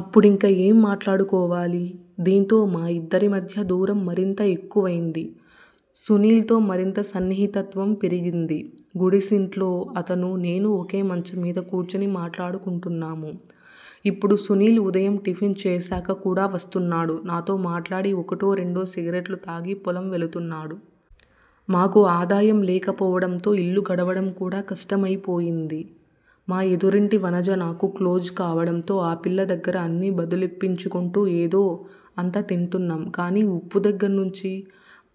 అప్పుడింక ఏం మాట్లాడుకోవాలి? దీంతో మా ఇద్దరి మధ్య దూరం మరింత ఎక్కువైంది. సునీల్ తో మరింత సన్నిహితత్వం పెరిగింది. గుడిసింట్లో అతనూ, నేనూ ఒకే మంచం మీద కూర్చుని మాట్లాడుకుంటున్నాము. ఇప్పుడు సునీల్ ఉదయం టిఫిన్ చేశాక కూడా వస్తున్నాడు. నాతో మాట్లాడి ఒకటో రెండో సిగరెట్లు తాగి, పొలం వెళుతున్నాడు. మాకు ఆదాయం లేకపోవడంతో ఇల్లు గడవడం కూడా కష్టమైపోయింది. మా ఎదురింటి వనజ నాకు క్లోజ్ కావడంతో ఆ పిల్ల దగ్గర అన్నీ బదులిప్పించుకుంటూ ఏదో అంత తింటున్నాం. కానీ ఉప్పు దగ్గర్నుంచి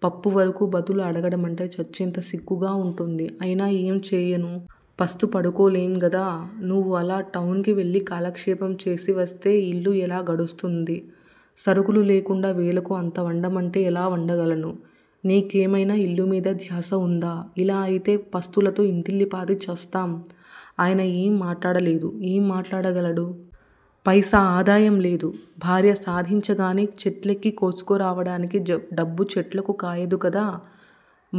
పప్పు వరకు బదులు అడగడమంటే చచ్చేంత సిగ్గుగా వుంటోంది. అయినా ఏం చేయను? పస్తు పడుకోలేంగదా. నువ్వు అలా టౌన్ కి వెళ్ళి కాలక్షేపం చేసివస్తే ఇల్లు ఎలా గడుస్తుంది? సరుకులు లేకుండా వేళకు అంత వండమంటే ఎలా వండగలను? నీకేమైనా ఇల్లుమీద ధ్యాస వుందా? ఇలా అయితే పస్తులతో ఇంటిల్లిపాదీ చస్తాం ఆయన ఏం మాట్లాడలేదు, ఏం మాట్లాడగలడు? పైసా ఆదాయం లేదు. భార్య సాధించగానే చెట్లెక్కి కోసుకురావడానికి డబ్బు చెట్లకు కాయదు కదా.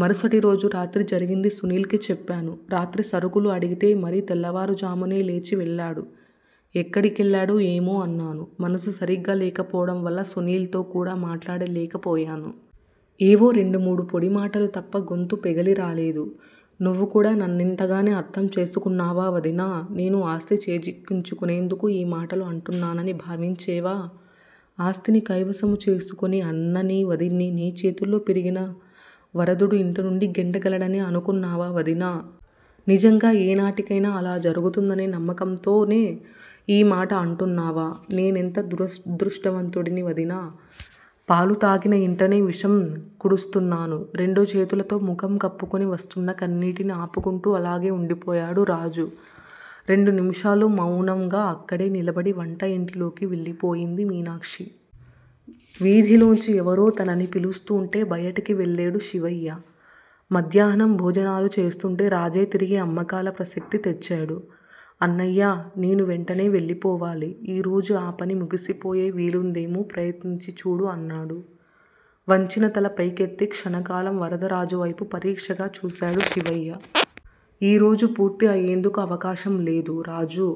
మరుసటిరోజు రాత్రి జరిగింది సునీల్ కి చెప్పాను. రాత్రి సరుకులు అడిగితే మరీ తెల్లవారుజామునే లేచి వెళ్ళాడు. ఎక్కడికెళ్ళాడో ఏమో? అన్నాను. మనసు సరిగ్గా లేకపోవడంవల్ల సునీల్ తో కూడా మాట్లాడలేకపోయాను. ఏవో రెండు మూడు పొడి మాటలు తప్ప గొంతు పెగిలిరాలేదు. నువ్వుకూడా నన్నింతగానే అర్ధం చేసుకొన్నావా వదినా! నేను ఆస్తి చేజిక్కించునేందుకు ఈ మాటలు అంటున్నానని భావించేవా? ఆస్తిని కైవసము చేసుకొని అన్ననీ, వదిన్నీ నీ చేతుల్లో పెరిగిన వరదుడు ఇంటినుండి గెంటగలడనే అనుకొన్నావా వదినా? నిజంగా ఏనాటికైనా అలా జరుగుతుందనే నమ్మకంతోనే ఈ మాట అంటున్నావా? నేనెంత దురదృష్టవంతుడిని, వదినా! పాలు తాగిన ఇంటనే విషం కుడుస్తున్నాను. రెండు చేతులతో ముఖం కప్పుకొని, వస్తున్న కన్నీటిని ఆపుకొంటూ అలాగే ఉండిపోయేడు రాజు. రెండు నిమిషాలపాటు మౌనంగా అక్కడే నిలబడి వంట ఇంటిలోకి వెళ్ళిపోయింది మీనాక్షి. వీథిలోంచి ఎవరో తనని పిలుస్తూంటే బయటికి వెళ్లేడు శివయ్య. మధ్యాహ్నం భోజనాలు చేస్తూంటే రాజే తిరిగి అమ్మకాల ప్రసక్తి తెచ్చేడు. అన్నయ్యా, నేను వెంటనే వెళ్ళిపోవాలి. ఈ రోజు ఆ పని ముగిసిపోయే వీలుందేమో ప్రయత్నించి చూడు అన్నాడు. వంచిన తల పైకెత్తి క్షణకాలం వరదరాజువైపు పరీక్షగా చూసేడు శివయ్య. ఈ రోజు పూర్తి అయేందుకు అవకాశం లేదు, రాజూ!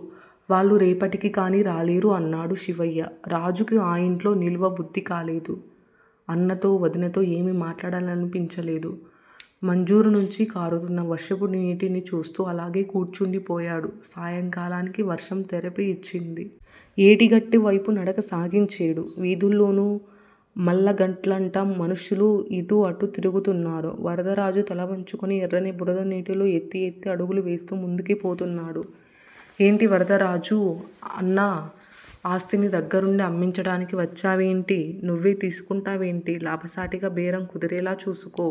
వాళ్లు రేపటికికాని రాలేరు అన్నాడు శివయ్య. రాజుకి ఆ ఇంట్లో నిలువ బుద్ధికాలేదు. అన్నతో, వదినతో ఏమి మాట్లాడాలనిపించలేదు. ముంజూరు నుంచి కారుతున్న వర్షపు నీటిని చూస్తూ అలాగే కూర్చుండిపోయేడు. సాయంకాలానికి వర్షం తెరిపి ఇచ్చింది. ఏటిగట్టు వైపు నడక సాగించేడు. వీథుల్లోను, మళ్ళగట్లంట మనుష్యులు ఇటూ అటూ తిరుగుతున్నారు. వరదరాజు తలవంచుకొని ఎర్రని బురద నీటిలో ఎత్తి ఎత్తి అడుగులు వేస్తూ ముందుకి పోతున్నాడు. ఏంటి వరదరాజూ! అన్న ఆస్తిని దగ్గిరుండి అమ్మించడానికి వచ్చేవేంటి? నువ్వే తీసుకొంటావేంటి? లాభసాటిగా బేరం కుదిరేలా చూసుకో.